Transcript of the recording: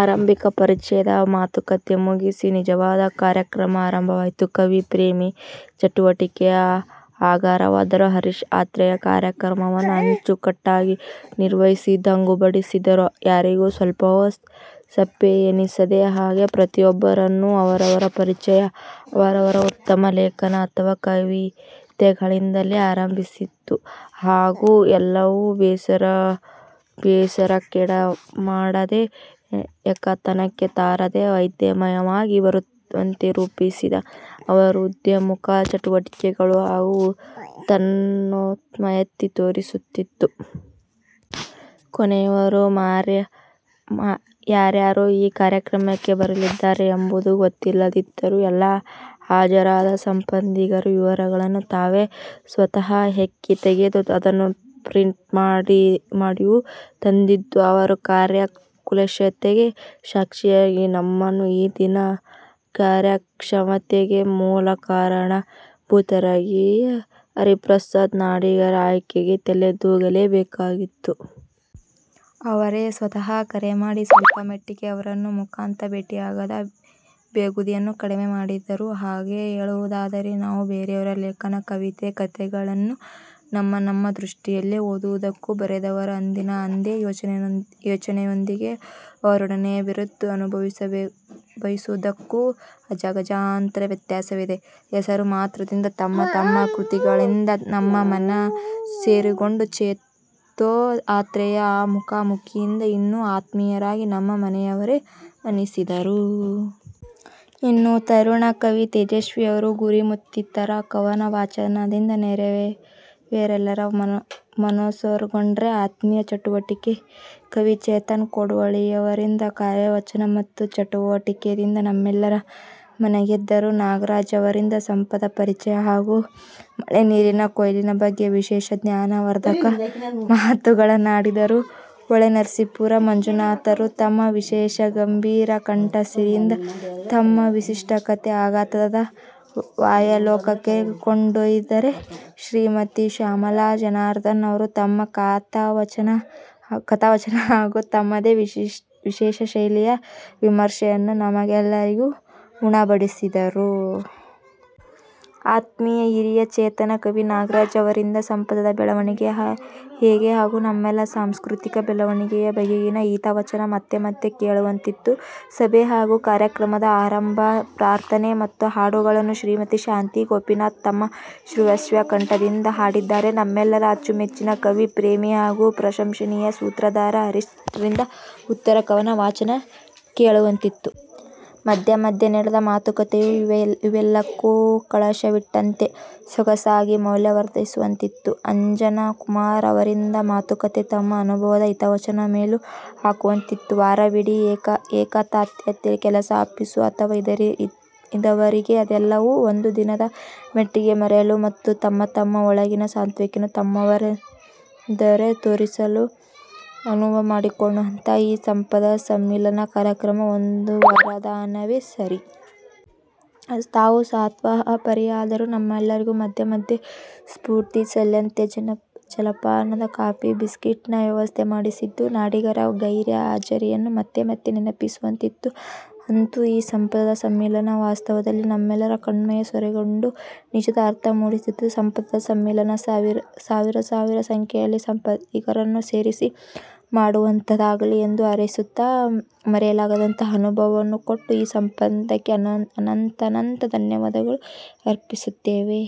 ಆರಂಭಿಕ ಪರಿಚಯದ ಮಾತುಕಥೆ ಮುಗಿಸಿ, ನಿಜವಾದ ಕಾರ್ಯಕ್ರಮ ಆರಂಭವಾಯ್ತು. ಕವಿ ಪ್ರೇಮಿ, ಚಟುವಟಿಕೆಯ ಆಗರವಾದ ಹರೀಶ್ ಆತ್ರೇಯ ಕಾರ್ಯಕ್ರಮವನ್ನು ಅಚ್ಚುಕಟ್ಟಾಗಿ ನಿರ್ವಹಿಸಿ ದಂಗು ಬಡಿಸಿದರು. ಯಾರಿಗೂ ಸ್ವಲ್ಪವೂ ಸಪ್ಪೆ ಎನಿಸದ ಹಾಗೆ ಪ್ರತಿಯೊಬ್ಬರನ್ನೂ ಅವರವರ ಪರಿಚಯ ಅವರವರ ಉತ್ತಮ ಲೇಖನ ಅಥವಾ ಕವಿತೆಗಳಿಂದಲೇ ಆರಂಭಿಸಿದ್ದು ಹಾಗೂ ಎಲ್ಲಿಯೂ ಬೇಸರಕ್ಕೆಡಮಾಡದೇ, ಎಕತಾನತೆ ತಾರದೇ ವೈವಿಧ್ಯಮಯವಾಗಿ ಬರುವಂತೆ ರೂಪಿಸಿದ್ದು ಅವರ ಉದಯೋನ್ಮುಖ ಚಟುವಟಿಕೆಗಳ ಹಾಗೂ ತನ್ನತನವನ್ನು ಎತ್ತಿ ತೋರಿಸುತ್ತಿತ್ತು. ಕೊನೆಯವರೆಗೂ ಯಾರ್ಯಾರು ಈ ಕಾರ್ಯಕ್ರಮಕ್ಕೆ ಬರಲಿದ್ದಾರೆ ಎಂಬುದು ಗೊತ್ತಿಲ್ಲದಿದ್ದರೂ ಎಲ್ಲಾ ಹಾಜರಾದ ಸಂಪದಿಗರ ವಿವರಗಳನ್ನು ತಾವೇ ಸ್ವತಹ ಹೆಕ್ಕಿ ತೆಗೆದು ಅದನ್ನು ಪ್ರಿಂಟ್ ಮಾಡಿಯೂ ತಂದಿದ್ದು ಅವರ ಕಾರ್ಯ ಕುಶಲತೆಗೆ ಸಾಕ್ಷಿಯಾಗಿ, ನಮ್ಮ ಈ ದಿನದ ಕಾರ್ಯಕ್ಷಮತ್ವತೆಗೆ ಮೂಲ ಕಾರಣ ಭೂತರಾಗಿದ್ದ ಹರಿಪ್ರಸಾದ ನಾಡಿಗರ ಅಯ್ಕೆಗೆ ತಲೆದೂಗಲೇ ಬೇಕಾಗಿತ್ತು. ಅವರೇ ಸ್ವತಹ ಕರೆಮಾಡಿ ಸ್ವಲ್ಪ ಮಟ್ಟಿಗೆ ಅವರನ್ನು ಮುಖತಃ ಭೇಟಿಯಾಗದ ಬೇಗುದಿಯನ್ನು ಕಡಿಮೆ ಮಾಡಿದ್ದರು. ಹಾಗೆ ಹೇಳುವುದಾದರೆ ನಾವು ಬೇರೆಯವರ ಲೇಖನ, ಕವಿತೆ, ಕಥೆಗಳನ್ನು ನಮ್ಮ ನಮ್ಮ ದೃಷ್ಟಿಯಲ್ಲೇ ಓದುವುದಕ್ಕೂ, ಬರೆದವರ ಅಂದಿನ ಅದೇ ಯೋಚನೆಯೊಂದಿಗೆ ಅವರೊಡನೆಯೇ ಬೆರೆತು ಅನುಭವಿಸುವದಕ್ಕೂ ಅಜಗಜಾಂತರ ವ್ಯತ್ಯಾಸವಿದೆ. ಹೆಸರು ಮಾತ್ರದಿಂದ ತಮ್ಮ ತಮ್ಮ ಕೃತಿಗಳಿಂದ ನಮ್ಮ ಮನ ಸೂರೆಗೊಂಡ ಚೇತೂ, ಆತ್ರೇಯ, ಈ ಮುಖಾ ಮುಖಿಯಿಂದ ಇನ್ನೂ ಆತ್ಮೀಯರಾಗಿ ನಮ್ಮ ಮನೆಯವರೇ ಅನ್ನಿಸಿದರು. ಇನ್ನು ತರುಣ ಕವಿ ತೇಜಸ್ವೀಯವರ "ಗುರಿ",ಮತ್ತಿತರ ಕವನ ವಾಚನದಿಂದ ನೆರೆದವರೆಲ್ಲರ ಮನಸೂರೆಗೊಂಡರೆ, ಆತ್ಮೀಯ ಚುಟುಕು ಕವಿ ಚೇತನ್ ಕೂಡುವಳ್ಳಿಯವರಿಂದ ಕಾವ್ಯವಾಚನ ಮತ್ತು ಚುಟುಕದಿಂದ ನಮ್ಮೆಲ್ಲರ ಮನಗೆದ್ದರು. ನಾಗರಾಜರವರಿಂದ ಸಂಪದ ಪರಿಚಯ ಹಾಗೂ ಮಳೆನೀರಿನ ಕೊಯ್ಲಿನ ಬಗೆಗೆ ವಿಶೇಷ ಜ್ಞಾನವರ್ಧಕ ಮಾತುಗಳನ್ನಾಡಿದರು. ಹೊಳೆನರಸೀಪುರ ಮಂಜುನಾಥರು ತಮ್ಮ ವಿಶೇಷ ಗಂಭೀರ ಕಂಠ ಸಿರಿಯಿಂದ ತಮ್ಮ ವಿಶಿಷ್ಟ ಕಥೆ "ಅಫಘಾತ"ದ ಮಾಯಾಲೋಕಕ್ಕೆ ಕೊಂಡೊಯ್ದರೆ, ಶ್ರೀಮತಿ ಶ್ಯಾಮಲಾ ಜನಾರ್ಧನನ್ ಅವರು ತಮ್ಮ ಕಥಾವಾಚನ ಹಾಗೂ ತಮ್ಮದೇ ವಿಶೇಷ ಶೈಲಿಯ ವಿಮರ್ಶೆಯನ್ನೂ ನಮಗೆಲ್ಲರಿಗೂ ಉಣಬಡಿಸಿದರು. ಆತ್ಮೀಯ, ಹಿರಿಯ, ಚೇತನ ಕವಿ ನಾಗರಾಜ ಅವರಿಂದ ಸಂಪದದ ಬೆಳವಣಿಗೆ ಹೇಗೆ ಹಾಗೂ ನಮ್ಮೆಲ್ಲರ ಸಾಂಸ್ಕೃತಿಕ ಬೆಳವಣಿಗೆಯ ಬಗೆಗಿನ ಹಿತವಚನ ಮತ್ತೆ ಮತ್ತೆ ಕೇಳುವಂತಿತ್ತು. ಸಭೆ ಹಾಗೂ ಕಾರ್ಯಕ್ರಮದ ಆರಂಭ ಪ್ರಾರ್ಥನೆ ಮತ್ತು ಹಾಡುಗಳನ್ನು ಶ್ರೀಮತಿ ಶಾಂತಿ ಗೋಪೀನಾಥ್ ತಮ್ಮ ಸುಶ್ರಾವ್ಯ ಕಂಠದಿಂದ ಹಾಡಿದ್ದರೆ, ನಮ್ಮೆಲ್ಲರ ಅಚ್ಚುಮೆಚ್ಚಿನ ಕವಿ, ಪ್ರೇಮಿ, ಹಾಗೂ ಪ್ರಶಂಶನೀಯ ಸೂತ್ರಧಾರ ಹರೀಶ್ ರಿಂದ "ಉತ್ತರ ಕವನ" ವಾಚನ ಕೇಳುವಂತಿತ್ತು. ಮಧ್ಯೆ ಮಧ್ಯೆ ನಡೆದ ಮಾತು ಕಥೆಯೂ ಇವೆಲ್ಲವಕ್ಕೂ ಕಳಶವಿಟ್ಟಂತೆ ಸೊಗಸಾಗಿ ಮೌಲ್ಯವರ್ಧಿಸುವಂತಿತ್ತು. ಅಂಜನ ಕುಮಾರ ಅವರಿಂದ ಮಾತು ಕಥೆ ತಮ್ಮ ಅನುಭವದ ಹಿತವಚನ ಮೆಲುಕು ಹಾಕುವಂತಿತ್ತು ವಾರವಿಡೀ ಏಕತಾನತೆಯಲ್ಲಿ ಕೆಲಸ ಆಫೀಸು ಅಂತ ಇದ್ದವರಿಗೆ, ಅದೆಲ್ಲವನ್ನೂ ಒಂದು ದಿನದ ಮಟ್ಟಿಗೆ ಮರೆಯಲು, ಮತ್ತು ತಮ್ಮ ತಮ್ಮ ಒಳಗಿನ ಸ್ವಂತಿಕೆಯನ್ನು ತಮ್ಮಂತವರೆದುರೇ ತೋರಿಸಲು ಅನುವು ಮಾಡಿಕೊಟ್ಟಂತಹ ಈ ಸಂಪದ ಸಂಮಿಲನ ಕಾರ್ಯಕ್ರಮ ಒಂದು ವರದಾನವೇ ಸರಿ. ತಾವು ಸ್ವತಹ ಬಾರದಿದ್ದರೂ ನಮಗೆಲ್ಲರಿಗೂ ಮಧ್ಯೆ ಮಧ್ಯೆ ಸ್ಪೂರ್ತಿ ಸೆಲೆಯಂತೆ ಜಲಪಾನದ, ಕಾಫಿ ಬಿಸ್ಕಿಟ್ ನ ವ್ಯವಸ್ಥೆ ಮಾಡಿಸಿದ್ದು, ನಾಡಿಗರ ಗೈರು ಹಾಜರಿಯನ್ನು ಮತ್ತೆ ಮತ್ತೆ ನೆನಪಿಸುವಂತಿತ್ತು. ಅಂತೂ ಈ ಸಂಪದ ಸಂಮಿಲನ ವಾಸ್ತವದಲ್ಲಿ ನಮ್ಮೆಲ್ಲರ ಕಣ್ಮನ ಸೂರೆಗೊಂಡು ನಿಜದ ಅರ್ಥ ಮೂಡಿಸಿತು. ಸಂಪದದ ಸಂಮಿಲನ ಸಾವಿರ ಸಾವಿರ ಸಂಖ್ಯೆಯಲ್ಲಿ ಸಂಪದಿಗರನ್ನು ಸೇರಿಸಿ ಮಾಡುವಂತಹದ್ದಾಗಲಿ ಎಂದು ಹಾರೈಸುತ್ತ, ಮರೆಯಲಾಗದಂತಹ ಅನುಭವವನ್ನು ಕೊಟ್ಟ ಈ ಸಂಪದಕ್ಕೆ ಅನಂತಾನಂತ ಧನ್ಯವಾದಗಳು ಅರ್ಪಿಸುತ್ತೇನೆ.